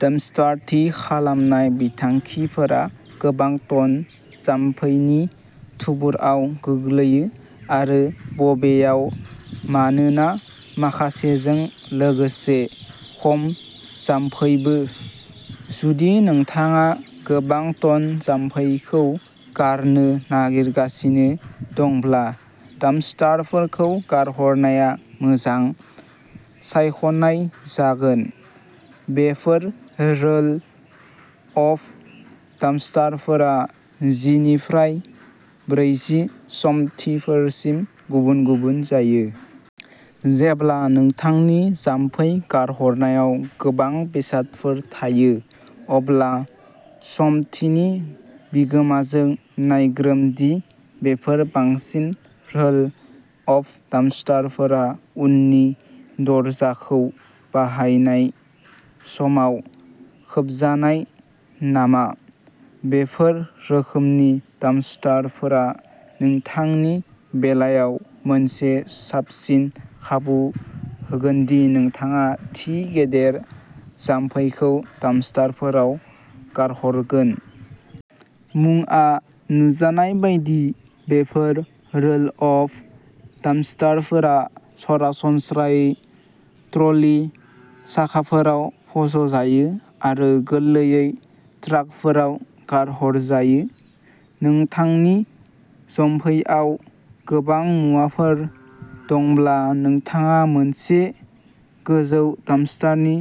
Dumpster, थि खालामनाय बिथांखिफोरा गोबां टन जामफैनि थुबुरआव गोग्लैयो आरो बबेयाव मानोना माखासेजों लोगोसे खम जामफैबो। जुदि नोंथाङा गोबां टन जामफैखौ गारनो नागिरगासिनो दंब्ला डाम्पस्टारफोरखौ गारहरनाया मोजां सायख'नाय जागोन। बेफोर रोल अफ डाम्पस्टारफोरा जि निफ्राय ब्रैजि सम्पथिफोरसिम गुबुन-गुबुन जायो। जेब्ला नोंथांनि जामफै गारहोनायाव गोबां बेसादफोर थायो, अब्ला सम्पथिनि बिगोमाजों नायग्रोम दि बेफोर बांसिन रोल अफ डाम्पस्टारफोरा उननि दरजाखौ बाहायनाय समाव खोबजानाय नामा। बेफोर रोखोमनि डाम्पस्टारफोरा नोंथांनि बेलायाव मोनसे साबसिन खाबु होगोन दि नोंथाङा थि गेदेर जामफैखौ डाम्पस्टारफोराव गारहरगोन। मुंआ नुजानाय बायदि, बेफोर रोल अफ डाम्पस्टारफोरा सरासनस्रायै ट्र'लि साखाफोराव फज' जायो आरो गोरलैयै ट्राकफोराव गारहरजायो। नोंथांनि जामफैआव गोबां मुवाफोर दंब्ला नोंथाङा मोनसे गोजौ डाम्पस्टारनि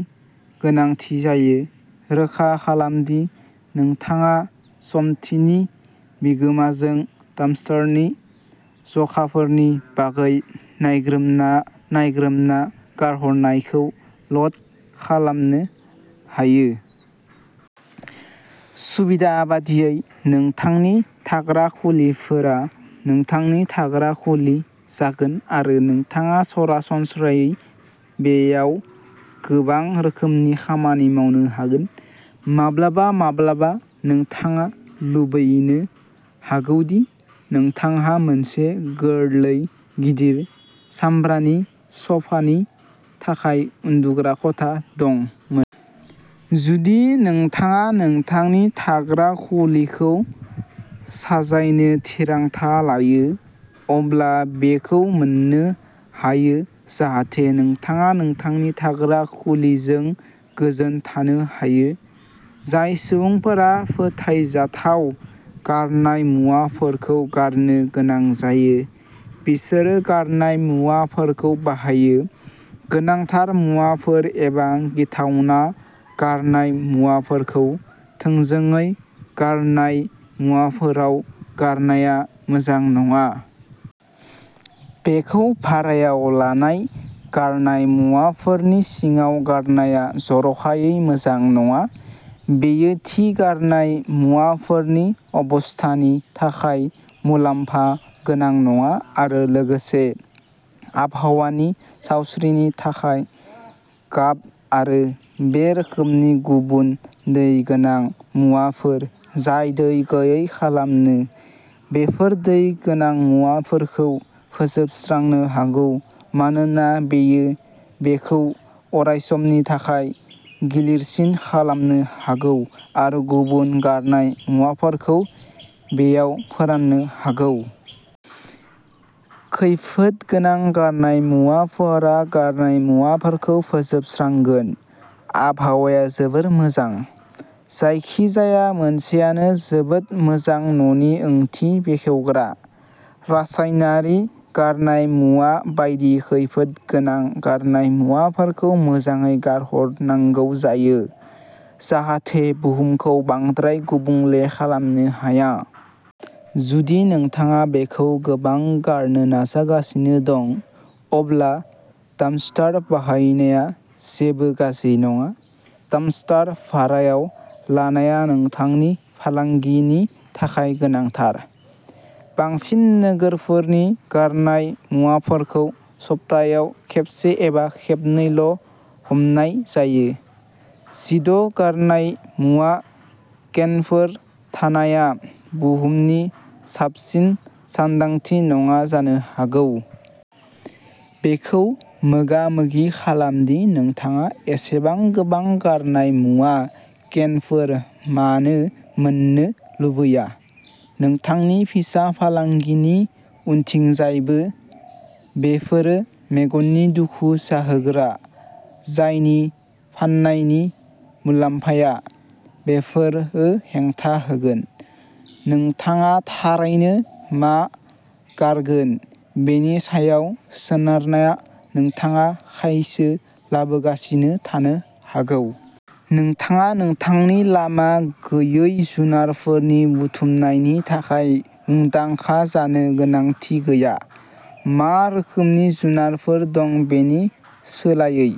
गोनांथि जायो। रोखा खालाम दि नोंथाङा सम्पथिनि बिगोमाजों डाम्पस्टारनि जखाफोरनि बागै नायग्रोमना नायग्रोमना गारहरखौ ल'ड खालामनो हायो। सुबिदा बायदियै। नोंथांनि थाग्रा खुलिफोरा नोंथांनि थाग्रा खुलि जागोन आरो नोंथाङा सरासनस्रायै बेयाव गोबां रोखोमनि खामानि मावनो हागोन। माब्लाबा माब्लाबा नोंथाङा लुबैनो हागौ दि नोंथांहा मोनसे गोरलै गिदिर सामब्रानि सोफानि थाखाय उन्दुग्रा खथा दंमोन। जुदि नोंथाङा नोंथांनि थाग्रा खुलिखौ साजायनो थिरांथा लायो, अब्ला बेखौ मोननो हायो जाहाथे नोंथाङा नोंथांनि थाग्रा खुलिजों गोजोन थानो हायो। जाय सुबुंफोरा फोथायजाथाव गारनाय मुवाफोरखौ गारनो गोनां जायो, बिसोरो गारनाय मुवाफोरखौ बाहायो। गोनांथार मुवाफोर एबा गिथावना गारनाय मुवाफोरखौ थोंजोङै गारनाय मुवाफोराव गारनाया मोजां नङा। बेखौ भारायाव लानाय गारनाय मुवाफोरनि सिङाव गारनाया जर'खायै मोजां नङा। बेयो थि गारनाय मुवाफोरनि अबस्थानि थाखाय मुलाम्फा गोनां नङा आरो लोगोसे, आबहावानि सावस्रिनि थाखाय। गाब आरो बे रोखोमनि गुबुन दै गोनां मुवाफोर जाय दै गैयै खालामो, बेफोर दै गोनां मुवाफोरखौ फोजोबस्रांनो हागौ मानोना बेयो बेखौ अरायसमनि थाखाय गिलिरसिन खालामनो हागौ आरो गुबुन गारनाय मुवाफोरखौ बेयाव फोराननो हागौ। खैफोद गोनां गारनाय मुवाफोरा गारनाय मुवाफोरखौ फोजोबस्रांगोन। आबहावाया जोबोद मोजां। जायखिजाया मोनसेआनो जोबोद मोजां न'नि ओंथि बेखेवग्रा। रासायनारि गारनाय मुवा बायदि खैफोद गोनां गारनाय मुवाफोरखौ मोजाङै गारहरनांगौ जायो, जाहाथे बुहुमखौ बांद्राय गुबुंले खालामनो हाया। जुदि नोंथाङा बेखौ गोबां गारनो नाजागासिनो दं, अब्ला डाम्पस्टार बाहायनाया जेबो गाज्रि नङा। डाम्पस्टार भारायाव लानाया नोंथांनि फालांगिनि थाखाय गोनांथार। बांसिन नोगोरफोरनि गारनाय मुवाफोरखौ सप्तायाव खेबसे एबा खेबनैल'हमनाय जायो। जिद' गारनाय मुवा केनफोर थानाया बुहुमनि साबसिन सानदांथि नङा जानो हागौ। बेखौ मोगामोगि खालाम दि नोंथाङा एसेबां गोबां गारनाय मुवा केनफोर मानो मोन्नो लुबैया, नोंथांनि फिसा फालांगिनि उनथिंजायबो। बेफोरो मेगननि दुखु जाहोग्रा जायनि फाननायनि मुलाम्फाया। बेफोरो हेंथा होगोन। नोंथाङा थारैनो मा गारगोन बेनि सायाव सोनारना नोंथाङा खायसो लाबोगासिनो थानो हागौ। नोंथाङा नोंथांनि लामा गैयै जुनारफोरनि बुथुमनायनि थाखाय मुंदांखा जानो गोनांथि गैया, मा रोखोमनि जुनारफोर दं बेनि सोलायै।